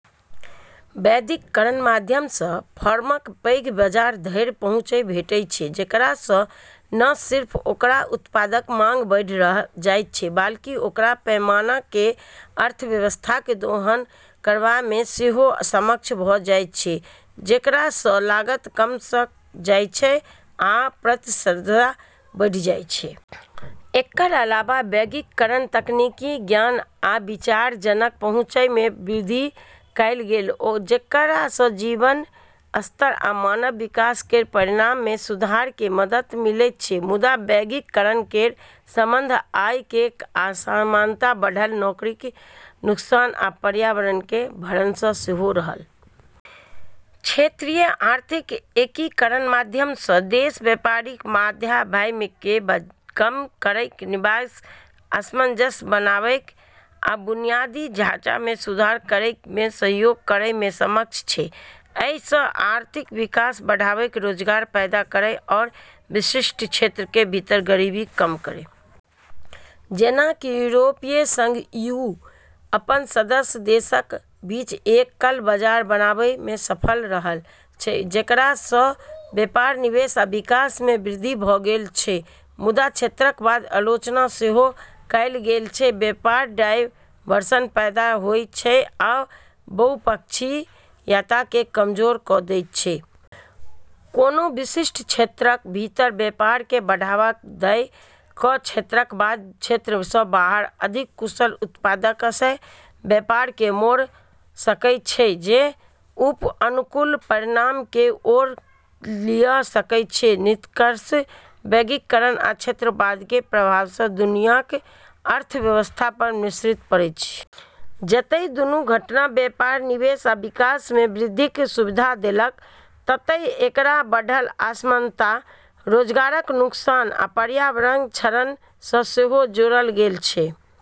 वैश्वीकरणक माध्यम सं फर्मकें पैघ बाजार धरि पहुँच भेटै छै, जेकरा सं न सिर्फ ओकर उत्पादक मांग बढ़ि जाइ छै बल्कि ओकरा पैमाना केर अर्थव्यवस्थाक दोहन करब मे सेहो सक्षम भऽ जाइ छै, जेकरा सं लागत कम भऽ जाइ छै आ प्रतिस्पर्धा बढ़ि जाइ छै। एकर अलावा वैश्वीकरण तकनीक, ज्ञान आ विचारजनक पहुँच मे वृद्धि कएलकै, जेकरा सं जीवन स्तर आ मानव विकास केर परिणाम मे सुधार मे मदद मिलल छै। मुदा वैश्वीकरण केर संबंध आय केर असमानता बढ़ला, नौकरीक नुकसान, आ पर्यावरणक क्षरण सं सेहो रहल छै। क्षेत्रीय आर्थिक एकीकरणक माध्यम सं देश व्यापारिक बाधामय कें कम करय, नियमकें सामंजस्य बनावा, आ बुनियादी ढाँचा मे सुधार करय मे सहयोग करय मे सक्षम छै। एहि सं आर्थिक विकास बढ़ाबय, रोजगार पैदा करय आओर विशिष्ट क्षेत्रक भीतर गरीबी कम करय मे मदद मिलल अछि। जेना कि यूरोपीय संघ (ईयू) अपन सदस्य देशक बीच एकल बाजार बनाबै मे सफल रहल छै, जेकरा स व्यापार, निवेश आ विकास मे वृद्धि भऽ गेल छै। मुदा क्षेत्रवादक आलोचना सेहो कएल गेल छै जे व्यापार डायवर्सन पैदा होइ छै आ बहुपक्षीयताकें कमजोर कऽ दै छै। कोनो विशिष्ट क्षेत्रक भीतर व्यापारकें बढ़ावा दय कऽ क्षेत्रवाद क्षेत्र सं बाहर अधिक कुशल उत्पादकस व्यापारकें मोड़ सकय छै जे उप-अनुकूल परिणामकें ओर लेि सकय छै। निष्कर्षतः वैश्वीकरण आ क्षेत्रवाद केर प्रभाव दुनियाक अर्थव्यवस्था पर मिश्रित पड़ल छै। जतय दूनू घटना व्यापार, निवेश आ विकास मे वृद्धिक सुविधा देलकै, ततय एकरा बढ़ल असमानता, रोजगारक नुकसान, आ पर्यावरणक क्षरण सं सेहो जोड़ल गेल छै।